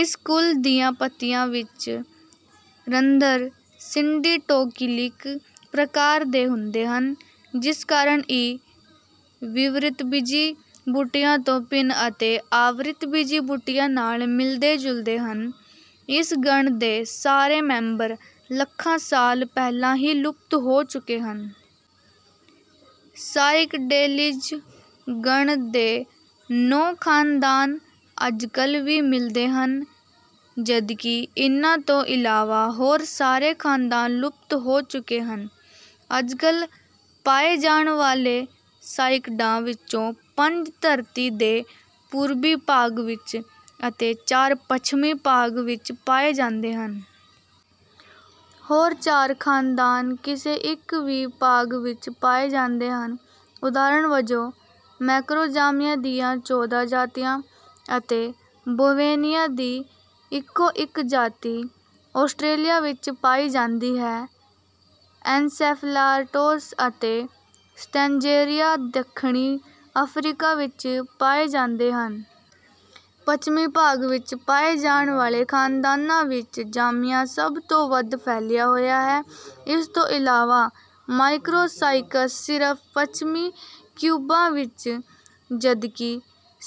ਇਸ ਕੁਲ ਦੀਆਂ ਪੱਤੀਆਂ ਵਿੱਚ ਰੰਧਰ ਸਿੰਡੀਟੋਕੀਲਿਕ ਪ੍ਰਕਾਰ ਦੇ ਹੁੰਦੇ ਹਨ, ਜਿਸ ਕਾਰਨ ਇਹ ਵਿਵ੍ਰਿਤਬੀਜੀ ਬੂਟਿਆਂ ਤੋਂ ਭਿੰਨ ਅਤੇ ਆਵ੍ਰਿਤਬੀਜੀ ਬੂਟਿਆਂ ਨਾਲ ਮਿਲਦੇ-ਜੁਲਦੇ ਹਨ। ਇਸ ਗਣ ਦੇ ਸਾਰੇ ਮੈਂਬਰ ਲੱਖਾਂ ਸਾਲ ਪਹਿਲਾਂ ਹੀ ਲੁਪਤ ਹੋ ਚੁੱਕੇ ਹਨ। ਸਾਇਕਡੇਲੀਜ਼ ਗਣ ਦੇ ਨੌਂ ਖ਼ਾਨਦਾਨ ਅੱਜਕੱਲ੍ਹ ਵੀ ਮਿਲਦੇ ਹਨ, ਜਦਕਿ ਇਨ੍ਹਾਂ ਤੋਂ ਇਲਾਵਾ ਹੋਰ ਸਾਰੇ ਖ਼ਾਨਦਾਨ ਲੁਪਤ ਹੋ ਚੁੱਕੇ ਹਨ। ਅੱਜਕੱਲ੍ਹ ਪਾਏ ਜਾਣ ਵਾਲੇ ਸਾਇਕਡਾਂ ਵਿੱਚੋਂ ਪੰਜ ਧਰਤੀ ਦੇ ਪੂਰਬੀ ਭਾਗ ਵਿੱਚ ਅਤੇ ਚਾਰ ਪੱਛਮੀ ਭਾਗ ਵਿੱਚ ਪਾਏ ਜਾਂਦੇ ਹਨ। ਹੋਰ ਚਾਰ ਖ਼ਾਨਦਾਨ ਕਿਸੇ ਇੱਕ ਹੀ ਭਾਗ ਵਿੱਚ ਪਾਏ ਜਾਂਦੇ ਹਨ। ਉਦਾਹਰਨ ਵਜੋਂ, ਮੈਕਰੋਜ਼ਾਮੀਆ ਦੀਆਂ ਚੌਦਾ ਜਾਤੀਆਂ ਅਤੇ ਬੋਵੇਨੀਆ ਦੀ ਇੱਕੋ-ਇੱਕ ਜਾਤੀ ਆਸਟ੍ਰੇਲੀਆ ਵਿੱਚ ਪਾਈ ਜਾਂਦੀ ਹੈ। ਐਨਸੈਫੈਲਾਰਟੋਸ ਅਤੇ ਸਟੈਂਜੇਰੀਆ ਦੱਖਣੀ ਅਫ਼ਰੀਕਾ ਵਿੱਚ ਪਾਏ ਜਾਂਦੇ ਹਨ। ਪੱਛਮੀ ਭਾਗ ਵਿੱਚ ਪਾਏ ਜਾਣ ਵਾਲੇ ਖ਼ਾਨਦਾਨਾਂ ਵਿੱਚ ਜ਼ਾਮੀਆ ਸਭ ਤੋਂ ਵੱਧ ਫੈਲਿਆ ਹੋਇਆ ਹੈ। ਇਸ ਤੋਂ ਇਲਾਵਾ, ਮਾਈਕ੍ਰੋਸਾਇਕਸ ਸਿਰਫ਼ ਪੱਛਮੀ ਕਿਊਬਾ ਵਿੱਚ, ਜਦਕਿ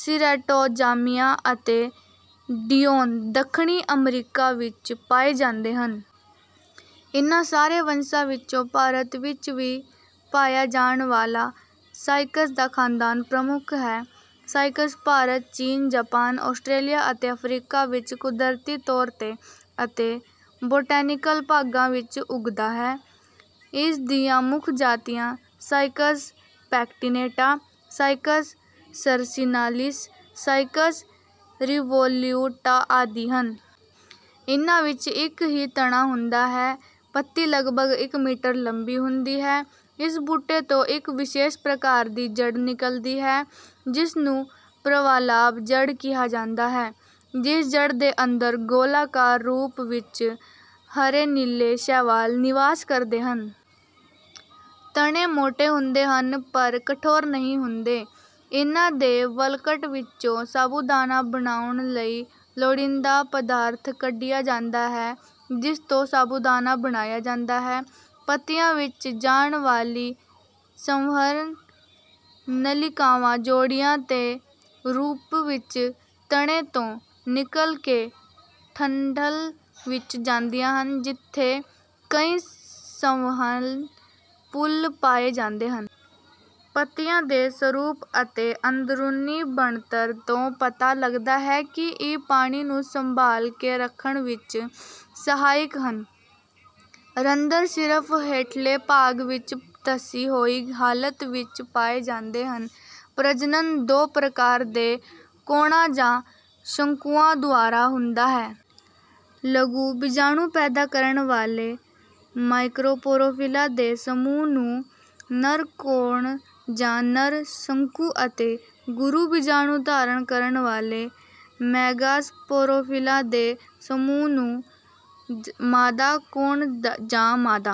ਸਿਰੈਟੋਜ਼ਾਮੀਆ ਅਤੇ ਡਿਓਨ ਦੱਖਣੀ ਅਮਰੀਕਾ ਵਿੱਚ ਪਾਏ ਜਾਂਦੇ ਹਨ। ਇਨ੍ਹਾਂ ਸਾਰੇ ਵੰਸ਼ਾਂ ਵਿੱਚੋਂ ਭਾਰਤ ਵਿੱਚ ਵੀ ਪਾਇਆ ਜਾਣ ਵਾਲਾ ਸਾਇਕਸ ਦਾ ਖ਼ਾਨਦਾਨ ਪ੍ਰਮੁੱਖ ਹੈ। ਸਾਇਕਸ ਭਾਰਤ, ਚੀਨ, ਜਾਪਾਨ, ਆਸਟ੍ਰੇਲੀਆ ਅਤੇ ਅਫ਼ਰੀਕਾ ਵਿੱਚ ਕੁਦਰਤੀ ਤੌਰ ’ਤੇ ਅਤੇ ਬੋਟੈਨਿਕਲ ਬਾਗਾਂ ਵਿੱਚ ਉੱਗਦਾ ਹੈ। ਇਸ ਦੀਆਂ ਮੁੱਖ ਜਾਤੀਆਂ ਸਾਇਕਸ ਪੈਕਟੀਨੇਟਾ, ਸਾਇਕਸ ਸਰਸਿਨਾਲਿਸ, ਸਾਇਕਸ ਰਿਵੋਲਿਊਟਾ ਆਦਿ ਹਨ। ਇਨ੍ਹਾਂ ਵਿੱਚ ਇੱਕ ਹੀ ਤਣਾ ਹੁੰਦਾ ਹੈ। ਪੱਤੀ ਲਗਭਗ ਇੱਕ ਮੀਟਰ ਲੰਬੀ ਹੁੰਦੀ ਹੈ। ਇਸ ਬੂਟੇ ਤੋਂ ਇੱਕ ਵਿਸ਼ੇਸ਼ ਪ੍ਰਕਾਰ ਦੀ ਜੜ ਨਿਕਲਦੀ ਹੈ, ਜਿਸ ਨੂੰ ਪ੍ਰਵਾਲਾਭ ਜੜ ਕਿਹਾ ਜਾਂਦਾ ਹੈ। ਇਸ ਜੜ ਦੇ ਅੰਦਰ ਗੋਲਾਕਾਰ ਰੂਪ ਵਿੱਚ ਹਰੇ-ਨੀਲੇ ਸ਼ੈਵਾਲ ਨਿਵਾਸ ਕਰਦੇ ਹਨ। ਤਣੇ ਮੋਟੇ ਹੁੰਦੇ ਹਨ, ਪਰ ਕਠੋਰ ਨਹੀਂ ਹੁੰਦੇ। ਇਨ੍ਹਾਂ ਦੇ ਵਲਕਟ ਵਿੱਚੋਂ ਸਾਬੂਦਾਨਾ ਬਣਾਉਣ ਲਈ ਲੋੜੀਂਦਾ ਪਦਾਰਥ ਕੱਢਿਆ ਜਾਂਦਾ ਹੈ, ਜਿਸ ਤੋਂ ਸਾਬੂਦਾਨਾ ਬਣਾਇਆ ਜਾਂਦਾ ਹੈ। ਪੱਤੀਆਂ ਵਿੱਚ ਜਾਣ ਵਾਲੀ ਸੰਵਹਨ ਨਲਿਕਾਵਾਂ ਜੋੜਿਆਂ ਦੇ ਰੂਪ ਵਿੱਚ ਤਣੇ ਤੋਂ ਨਿਕਲ ਕੇ ਡੰਠਲ ਵਿੱਚ ਜਾਂਦੀਆਂ ਹਨ, ਜਿੱਥੇ ਕਈ ਸੰਵਹਨ ਪੁੱਲ ਪਾਏ ਜਾਂਦੇ ਹਨ। ਪੱਤੀਆਂ ਦੇ ਸਰੂਪ ਅਤੇ ਅੰਦਰੂਨੀ ਬਣਤਰ ਤੋਂ ਪਤਾ ਲੱਗਦਾ ਹੈ ਕਿ ਇਹ ਪਾਣੀ ਨੂੰ ਸੰਭਾਲ ਕੇ ਰੱਖਣ ਵਿੱਚ ਸਹਾਇਕ ਹਨ। ਰੰਧਰ ਸਿਰਫ਼ ਹੇਠਲੇ ਭਾਗ ਵਿੱਚ ਧੱਸੀ ਹੋਈ ਹਾਲਤ ਵਿੱਚ ਪਾਏ ਜਾਂਦੇ ਹਨ। ਪ੍ਰਜਨਨ ਦੋ ਪ੍ਰਕਾਰ ਦੇ ਕੋਣਾਂ ਜਾਂ ਸ਼ੰਕੂਆਂ ਦੁਆਰਾ ਹੁੰਦਾ ਹੈ। ਲਘੂ ਬੀਜਾਣੂ ਪੈਦਾ ਕਰਨ ਵਾਲੇ ਮਾਈਕ੍ਰੋਪੋਰੋਫ਼ਿਲਾਂ ਦੇ ਸਮੂਹ ਨੂੰ ਨਰ ਕੋਣ ਜਾਂ ਨਰ ਸ਼ੰਕੂ ਅਤੇ ਗੁਰੂ ਬੀਜਾਣੂ ਧਾਰਨ ਕਰਨ ਵਾਲੇ ਮੈਗਾਸਪੋਰੋਫ਼ਿਲਾਂ ਦੇ ਸਮੂਹ ਨੂੰ ਮਾਦਾ ਕੋਣ ਜਾਂ ਮਾਦਾ